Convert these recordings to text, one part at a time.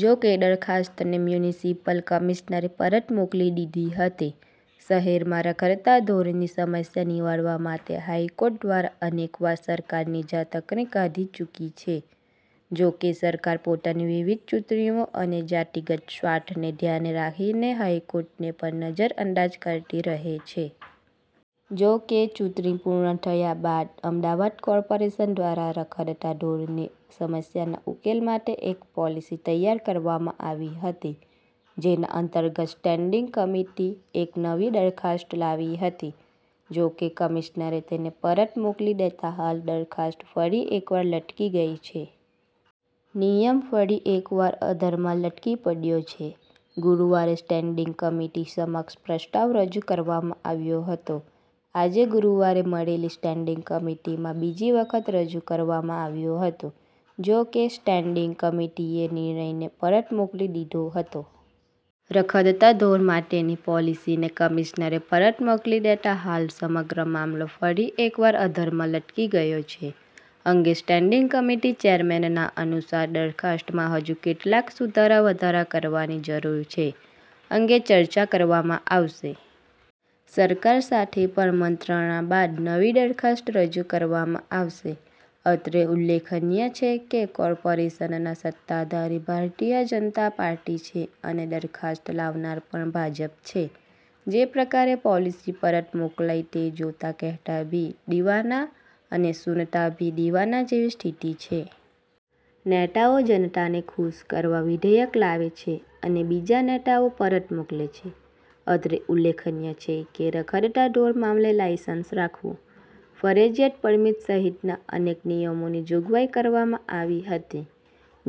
જો કેદરખાસ્તને મ્યુનિસિપલ કમિશનરે પરત મોકલી દીધી હતી. શહેરમાં રખડતા ઢોરની સમસ્યા નિવારવા માટે હાઇકોર્ટ દ્વારા અનેકવાર સરકારની ઝાટકણી કાઢી ચુકી છે. જો કે સરકાર પોતાની વિવિધ ચૂંટણીઓ અને જાતીગત સ્વાર્થને ધ્યાને રાખીને હાઇકોર્ટને પણ નજર અંદાજ કરતી રહે છે. જો કે ચૂંટણી પુર્ણ થયા બાદ અમદાવાદ કોર્પોરેશન દ્વારા રખડતા ઢોરની સમસ્યાના ઉકેલ માટે એક પોલિસી તૈયાર કરવામાં આવી હતી. જેના અંતર્ગત સ્ટેન્ડિંગ કમિટી એક નવી દરખાસ્ત લાવી હતી. જો કે કમિશ્નરે તેને પરત મોકલી દેતા હાલ દરખાસ્ત ફરી એકવાર લટકી ગઇ છે. નિયમ ફરી એકવાર અધરમાં લટકી પડ્યો છે. ગુરૂવારે સ્ટેન્ડિંગ કમિટી સમક્ષ પ્રસ્તાવ રજુ કરવામાં આવ્યો હતો આજે ગુરુવારે મળેલી સ્ટેન્ડિંગ કમિટીમાં બીજી વખતરજુ કરવામાં આવ્યું હતું. જો કે સ્ટેન્ડિંગ કમિટીએનિર્ણયને પરત મોકલી દીધો હતો. રખડતા ઢોર માટેની પોલીસીને કમિશનરે પરત મોકલી દેતા હાલ સમગ્ર મામલો ફરી એકવાર અધરમાં લટકી ગયો છે. અંગે સ્ટેન્ડિંગ કમિટી ચેરમેનના અનુસાર દરખાસ્તમાં હજુ કેટલાક સુધારા વધારા કરવાની જરૂર છે. અંગે ચર્ચા કરવામાં આવશે. સરકાર સાથે પણ મંત્રણા બાદ નવી દરખાસ્ત રજુ કરવામાં આવશે. અત્રે ઉલ્લેખનીય છે કે, કોર્પોરેશનના સત્તાધારી ભારતીય જનતા પાર્ટીછે અને દરખાસ્ત લાવનાર પણ ભાજપછે. જે પ્રકારે પોલિસી પરત મોકલાઇ તે જોતા કહેતા ભી દિવાના અને સુનતા ભી દિવાના જેવી સ્થિતિ છે. નેતાઓજનતાને ખુશ કરવા વિધેયક લાવે છે અને બીજા નેતાઓ પરત મોકલે છે. અત્રે ઉલ્લેખનીય છે કે રખડતાં ઢોર મામલે લાયસન્સ રાખવું, ફરજિયાત પરમીટ સહિતના અનેક નિયમોની જોગવાઇ કરવામાં આવી હતી.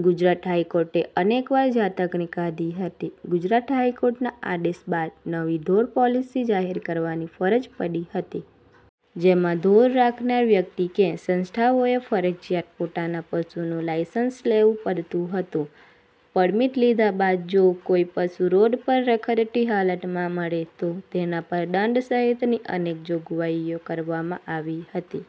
ગુજરાત હાઇકોર્ટે અનેકવાર ઝાટકણી કાઢી હતી ગુજરાત હાઇકોર્ટના આદેશ બાદનવી ઢોર પોલીસી જાહેર કરવાની ફરજ પડી હતી. જેમાં ઢોર રાખનાર વ્યક્તિ કે સંસ્થાઓએ ફરજીયાત પોતાના પશુનું લાયસન્સ લેવું પડતું હતું. પરમીટ લીધા બાદ જો કોઇ પશુ રોડ પર રખડતી હાલતમાં મળે તો તેના પર દંડ સહિતની અનેગ જોગવાઇઓ કરવામાં આવી હતી.